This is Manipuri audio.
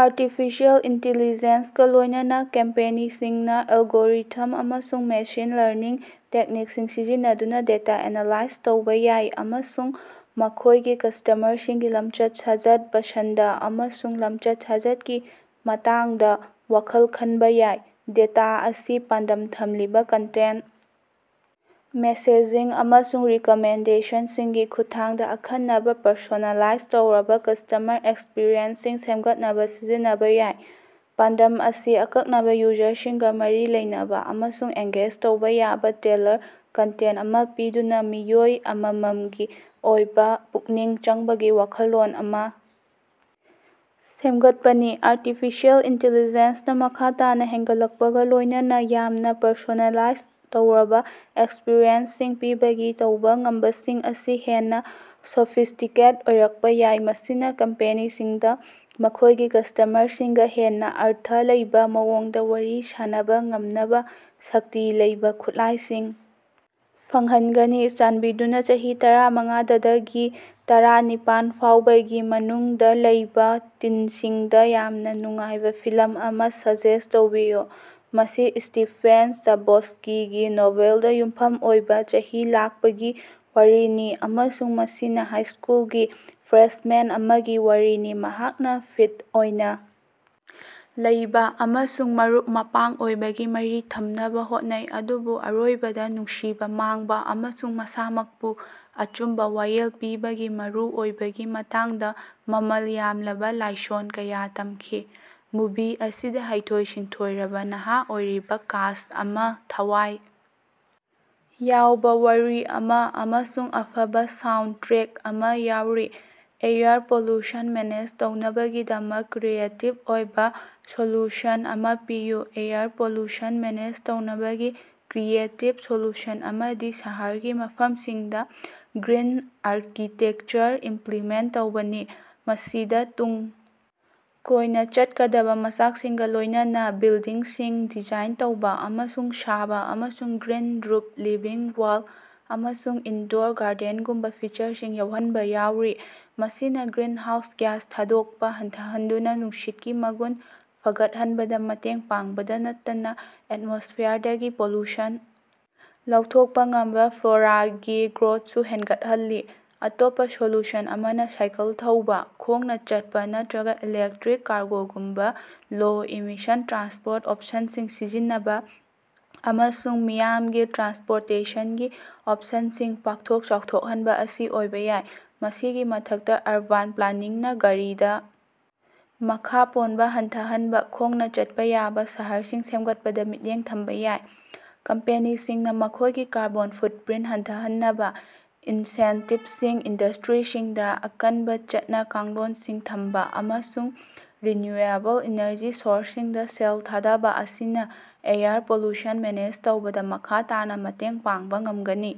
ꯑꯥꯔꯇꯤꯐꯤꯁꯤꯌꯦꯜ ꯏꯟꯇꯤꯂꯤꯖꯦꯟꯁ ꯀ ꯂꯣꯏꯅꯅꯥ ꯀꯝꯄꯦꯅꯤꯁꯤꯡꯅꯥ ꯑꯦꯜꯒꯣꯔꯤꯊꯝ ꯑꯃꯁꯨꯡ ꯃꯦꯁꯤꯟ ꯂꯔꯅꯤꯡ ꯇꯦꯛꯅꯤꯛꯁꯤꯡ ꯁꯤꯖꯤꯟꯅꯗꯨꯅꯥ ꯗꯦꯇꯥ ꯑꯦꯅꯥꯂꯥꯏꯖ ꯇꯧꯕꯥ ꯌꯥꯏ ꯑꯃꯁꯨꯡ ꯃꯈꯣꯏꯒꯤ ꯀꯁꯇꯃꯔꯁꯤꯡꯒꯤ ꯂꯝꯆꯠ ꯁꯥꯖꯠ ꯄꯁꯟꯗ ꯑꯃꯁꯨꯡ ꯂꯝꯆꯠ ꯁꯥꯖꯠꯀꯤ ꯃꯇꯥꯡꯗꯥ ꯋꯥꯈꯜ ꯈꯟꯕꯥ ꯌꯥꯏ꯫ ꯗꯦꯇꯥ ꯑꯁꯤ ꯄꯥꯟꯗꯝ ꯊꯝꯂꯤꯕꯥ ꯀꯟꯇꯦꯟꯠ ꯃꯦꯁꯦꯖꯤꯡ ꯑꯃꯁꯨꯡ ꯔꯤꯀꯃꯦꯟꯗꯦꯁꯟꯁꯤꯡꯒꯤ ꯈꯨꯠꯊꯥꯡꯗꯥ ꯑꯈꯟꯅꯕꯥ ꯄꯔꯁꯣꯅꯦꯂꯥꯏꯖ ꯇꯧꯔꯕꯥ ꯀꯁꯇꯃꯔ ꯑꯦꯛꯁꯄꯤꯔꯤꯑꯦꯟꯁꯁꯤꯡ ꯁꯦꯝꯒꯠꯅꯕꯥ ꯁꯤꯖꯤꯟꯅꯕꯥ ꯌꯥꯏ꯫ ꯄꯥꯟꯗꯝ ꯑꯁꯤ ꯑꯀꯛꯅꯕꯥ ꯌꯨꯖꯔꯁꯤꯡꯒꯥ ꯃꯔꯤ ꯂꯩꯅꯕꯥ ꯑꯃꯁꯨꯡ ꯑꯦꯡꯒꯦꯖ ꯇꯧꯕꯥ ꯌꯥꯕꯥ ꯇꯦꯜꯂꯔ ꯀꯟꯇꯦꯟꯠ ꯑꯃꯥ ꯄꯤꯗꯨꯅꯥ ꯃꯤꯑꯣꯏ ꯑꯃꯃꯝꯒꯤ ꯑꯣꯏꯕꯥ ꯄꯨꯛꯅꯤꯡ ꯆꯪꯕꯒꯤ ꯋꯥꯈꯜꯂꯣꯟ ꯑꯃꯥ ꯁꯦꯝꯒꯠꯄꯅꯤ꯫ ꯑꯥꯔꯇꯤꯐꯤꯁꯤꯌꯦꯜ ꯏꯟꯇꯤꯂꯤꯖꯦꯟꯁꯅꯥ ꯃꯈꯥ ꯇꯥꯅꯥ ꯍꯦꯟꯒꯠꯂꯛꯄꯒꯥ ꯂꯣꯏꯅꯅꯥ ꯌꯥꯝꯅꯥ ꯄꯔꯁꯣꯅꯦꯂꯥꯏꯖ ꯇꯧꯔꯕꯥ ꯑꯦꯛꯁꯄꯔꯤꯌꯦꯟꯁꯁꯤꯡ ꯄꯤꯕꯒꯤ ꯇꯧꯕꯥ ꯉꯝꯕꯁꯤꯡ ꯑꯁꯤ ꯍꯦꯟꯅꯥ ꯁꯣꯐꯤꯁ꯭ꯇꯤꯀꯦꯠ ꯑꯣꯏꯔꯛꯄꯥ ꯌꯥꯏ ꯃꯁꯤꯅꯥ ꯀꯝꯄꯦꯅꯤꯁꯤꯡꯗꯥ ꯃꯈꯣꯏꯒꯤ ꯀꯁꯇꯃꯔꯁꯤꯡꯒꯥ ꯍꯦꯟꯅꯥ ꯑꯔꯊ ꯂꯩꯕꯥ ꯃꯑꯣꯡꯗꯥ ꯋꯥꯔꯤ ꯁꯥꯟꯅꯕꯥ ꯉꯝꯅꯕꯥ ꯁꯛꯇꯤ ꯂꯩꯕꯥ ꯈꯨꯠꯂꯥꯏꯁꯤꯡ ꯐꯪꯍꯟꯒꯅꯤ꯫ ꯆꯥꯟꯕꯤꯗꯨꯅꯥ ꯆꯍꯤ ꯇꯔꯥꯃꯉꯥꯗꯗꯒꯤ ꯇꯔꯥꯅꯤꯄꯥꯟ ꯐꯥꯎꯕꯒꯤ ꯃꯅꯨꯡꯗꯥ ꯂꯩꯕꯥ ꯇꯤꯟꯁꯤꯡꯗꯥ ꯌꯥꯝꯅꯥ ꯅꯨꯡꯉꯥꯏꯕꯥ ꯐꯤꯂꯝ ꯑꯃꯥ ꯁꯖꯦꯁ꯭ꯠ ꯇꯧꯕꯤꯌꯨ꯫ ꯃꯁꯤ ꯁ꯭ꯇꯤꯐꯦꯟ ꯆꯕꯣꯁ꯭ꯀꯤꯒꯤ ꯅꯣꯚꯦꯜꯗꯥ ꯌꯨꯝꯐꯝ ꯑꯣꯏꯕꯥ ꯆꯍꯤ ꯂꯥꯛꯄꯒꯤ ꯋꯥꯔꯤꯅꯤ ꯑꯃꯁꯨꯡ ꯃꯁꯤꯅꯥ ꯍꯥꯏꯁ꯭ꯀꯨꯜꯒꯤ ꯐ꯭ꯔꯦꯁꯃꯦꯟ ꯑꯃꯒꯤ ꯋꯥꯔꯤꯅꯤ ꯃꯍꯥꯛꯅꯥ ꯐꯤꯠ ꯑꯣꯏꯅꯥ ꯂꯩꯕꯥ ꯑꯃꯁꯨꯡ ꯃꯔꯨꯞ ꯃꯄꯥꯡ ꯑꯣꯏꯕꯒꯤ ꯃꯔꯤ ꯊꯝꯅꯕꯥ ꯍꯣꯠꯅꯩ ꯑꯗꯨꯕꯨ ꯑꯔꯣꯏꯕꯗꯥ ꯅꯨꯡꯁꯤꯕꯥ ꯃꯥꯡꯕꯥ ꯑꯃꯁꯨꯡ ꯃꯁꯥꯃꯛꯄꯨ ꯑꯆꯨꯝꯕꯥ ꯋꯥꯌꯦꯜ ꯄꯤꯕꯒꯤ ꯃꯔꯨꯑꯣꯏꯕꯒꯤ ꯃꯇꯥꯡꯗꯥ ꯃꯃꯜ ꯌꯥꯝꯂꯕꯥ ꯂꯥꯏꯁꯣꯟ ꯀꯌꯥ ꯇꯝꯈꯤ꯫ ꯃꯨꯚꯤ ꯑꯁꯤꯗꯥ ꯍꯩꯊꯣꯏ ꯁꯤꯡꯊꯣꯏꯔꯕꯥ ꯅꯍꯥ ꯑꯣꯏꯔꯤꯕꯥ ꯀꯥꯁ꯭ꯠ ꯑꯃꯥ ꯊꯋꯥꯏ ꯌꯥꯎꯕꯥ ꯋꯥꯔꯤ ꯑꯃꯥ ꯑꯃꯁꯨꯡ ꯑꯐꯕꯥ ꯁꯥꯎꯟꯗ ꯇ꯭ꯔꯦꯛ ꯑꯃꯥ ꯌꯥꯎꯔꯤ꯫ ꯑꯦꯌꯔ ꯄꯣꯂꯨꯁꯟ ꯃꯦꯅꯦꯖ ꯇꯧꯅꯕꯒꯤꯗꯃꯛ ꯀ꯭ꯔꯤꯌꯦꯇꯤꯕ ꯑꯣꯏꯕꯥ ꯁꯣꯂꯨꯁꯟ ꯑꯃꯥ ꯄꯤꯌꯨ꯫ ꯑꯦꯌꯔ ꯄꯣꯂꯨꯁꯟ ꯃꯦꯅꯦꯖ ꯇꯧꯅꯕꯒꯤ ꯀ꯭ꯔꯤꯌꯦꯇꯤꯕ ꯁꯣꯂꯨꯁꯟ ꯑꯃꯗꯤ ꯁꯍꯔꯒꯤ ꯃꯐꯝꯁꯤꯡꯗꯥ ꯒ꯭ꯔꯤꯟ ꯑꯥꯔꯀꯤꯇꯦꯛꯆꯔ ꯏꯝꯄ꯭ꯂꯤꯃꯦꯟꯠ ꯇꯧꯕꯅꯤ꯫ ꯃꯁꯤꯗꯥ ꯇꯨꯡ ꯀꯣꯏꯅꯥ ꯆꯠꯀꯗꯕꯥ ꯃꯆꯥꯛꯁꯤꯡꯒꯥ ꯂꯣꯏꯅꯅꯥ ꯕꯤꯜꯗꯤꯡꯁꯤꯡ ꯗꯤꯖꯥꯏꯟ ꯇꯧꯕꯥ ꯑꯃꯁꯨꯡ ꯁꯥꯕꯥ ꯑꯃꯁꯨꯡ ꯒ꯭ꯔꯤꯟ ꯔꯨꯐ ꯂꯤꯚꯤꯡ ꯋꯥꯜ ꯑꯃꯁꯨꯡ ꯏꯟꯗꯣꯔ ꯒꯥꯔꯗꯦꯟꯒꯨꯝꯕꯥ ꯐꯤꯆꯔꯁꯤꯡ ꯌꯥꯎꯍꯟꯕꯥ ꯌꯥꯎꯔꯤ꯫ ꯃꯁꯤꯅꯥ ꯒ꯭ꯔꯤꯟꯍꯥꯎꯁ ꯒ꯭ꯌꯥꯁ ꯊꯥꯗꯣꯛꯄꯥ ꯍꯟꯊꯍꯟꯗꯨꯅꯥ ꯅꯨꯡꯁꯤꯠꯀꯤ ꯃꯒꯨꯟ ꯐꯒꯠꯍꯟꯕꯗꯥ ꯃꯇꯦꯡ ꯄꯥꯡꯕꯇꯥ ꯅꯠꯇꯅꯥ ꯑꯦꯠꯃꯣꯁ꯭ꯐꯤꯌꯔꯗꯒꯤ ꯄꯣꯂꯨꯁꯟ ꯂꯧꯊꯣꯛꯄꯥ ꯉꯝꯕꯥ ꯐ꯭ꯂꯣꯔꯥꯒꯤ ꯒ꯭ꯔꯣꯊꯁꯨ ꯍꯦꯟꯒꯠꯍꯜꯂꯤ꯫ ꯑꯇꯣꯞꯄꯥ ꯁꯣꯂꯨꯁꯟ ꯑꯃꯅꯥ ꯁꯥꯏꯀꯜ ꯊꯧꯕꯥ ꯈꯣꯡꯅꯥ ꯆꯠꯄꯥ ꯅꯠꯇ꯭ꯔꯒꯥ ꯏꯂꯦꯛꯇ꯭ꯔꯤꯛ ꯀꯥꯔꯒꯣꯒꯨꯝꯕꯥ ꯂꯣ-ꯏꯃꯤꯁꯟ ꯇ꯭ꯔꯥꯟꯁꯄꯣꯔꯠ ꯑꯣꯞꯁꯟꯁꯤꯡ ꯁꯤꯖꯤꯟꯅꯕꯥ ꯑꯃꯁꯨꯡ ꯃꯤꯌꯥꯝꯒꯤ ꯇ꯭ꯔꯥꯟꯁꯄꯣꯔꯇꯦꯁꯟꯒꯤ ꯑꯣꯞꯁꯟꯁꯤꯡ ꯄꯥꯛꯊꯣꯛ ꯆꯥꯎꯊꯣꯛꯍꯟꯕꯥ ꯑꯁꯤ ꯑꯣꯏꯕꯥ ꯌꯥꯏ꯫ ꯃꯁꯤꯒꯤ ꯃꯊꯛꯇꯥ ꯑꯔꯕꯥꯟ ꯄ꯭ꯂꯥꯅꯤꯡꯅꯥ ꯒꯥꯔꯤꯗꯥ ꯃꯈꯥ ꯄꯣꯟꯕꯥ ꯍꯟꯊꯍꯟꯅꯕꯥ ꯈꯣꯡꯅꯥ ꯆꯠꯄꯥ ꯌꯥꯕꯥ ꯁꯍꯔꯁꯤꯡ ꯁꯦꯝꯒꯠꯄꯗꯥ ꯃꯤꯠꯌꯦꯡ ꯊꯝꯕꯥ ꯌꯥꯏ꯫ ꯀꯝꯄꯦꯅꯤꯁꯤꯡꯅꯥ ꯃꯈꯣꯏꯒꯤ ꯀꯥꯔꯕꯣꯟ ꯐꯨꯠꯄ꯭ꯔꯤꯟꯠ ꯍꯟꯊꯍꯟꯅꯕꯥ ꯏꯟꯁꯦꯟꯇꯤꯕꯁꯤꯡ ꯏꯟꯗꯁꯇ꯭ꯔꯤꯁꯤꯡꯗꯥ ꯑꯀꯟꯕꯥ ꯆꯠꯅ ꯀꯥꯡꯂꯣꯟꯁꯤꯡ ꯊꯝꯕꯥ ꯑꯃꯁꯨꯡ ꯔꯤꯅ꯭ꯌꯨꯑꯦꯕꯜ ꯏꯅꯔꯖꯤ ꯁꯣꯔꯁꯁꯤꯡꯗꯥ ꯁꯦꯜ ꯊꯥꯗꯕꯥ ꯑꯁꯤꯅꯥ ꯑꯦꯌꯔ ꯄꯣꯂꯨꯁꯟ ꯃꯦꯅꯦꯖ ꯇꯧꯕꯗꯥ ꯃꯈꯥ ꯇꯥꯅꯥ ꯃꯇꯦꯡ ꯄꯥꯡꯕꯥ ꯉꯝꯒꯅꯤ꯫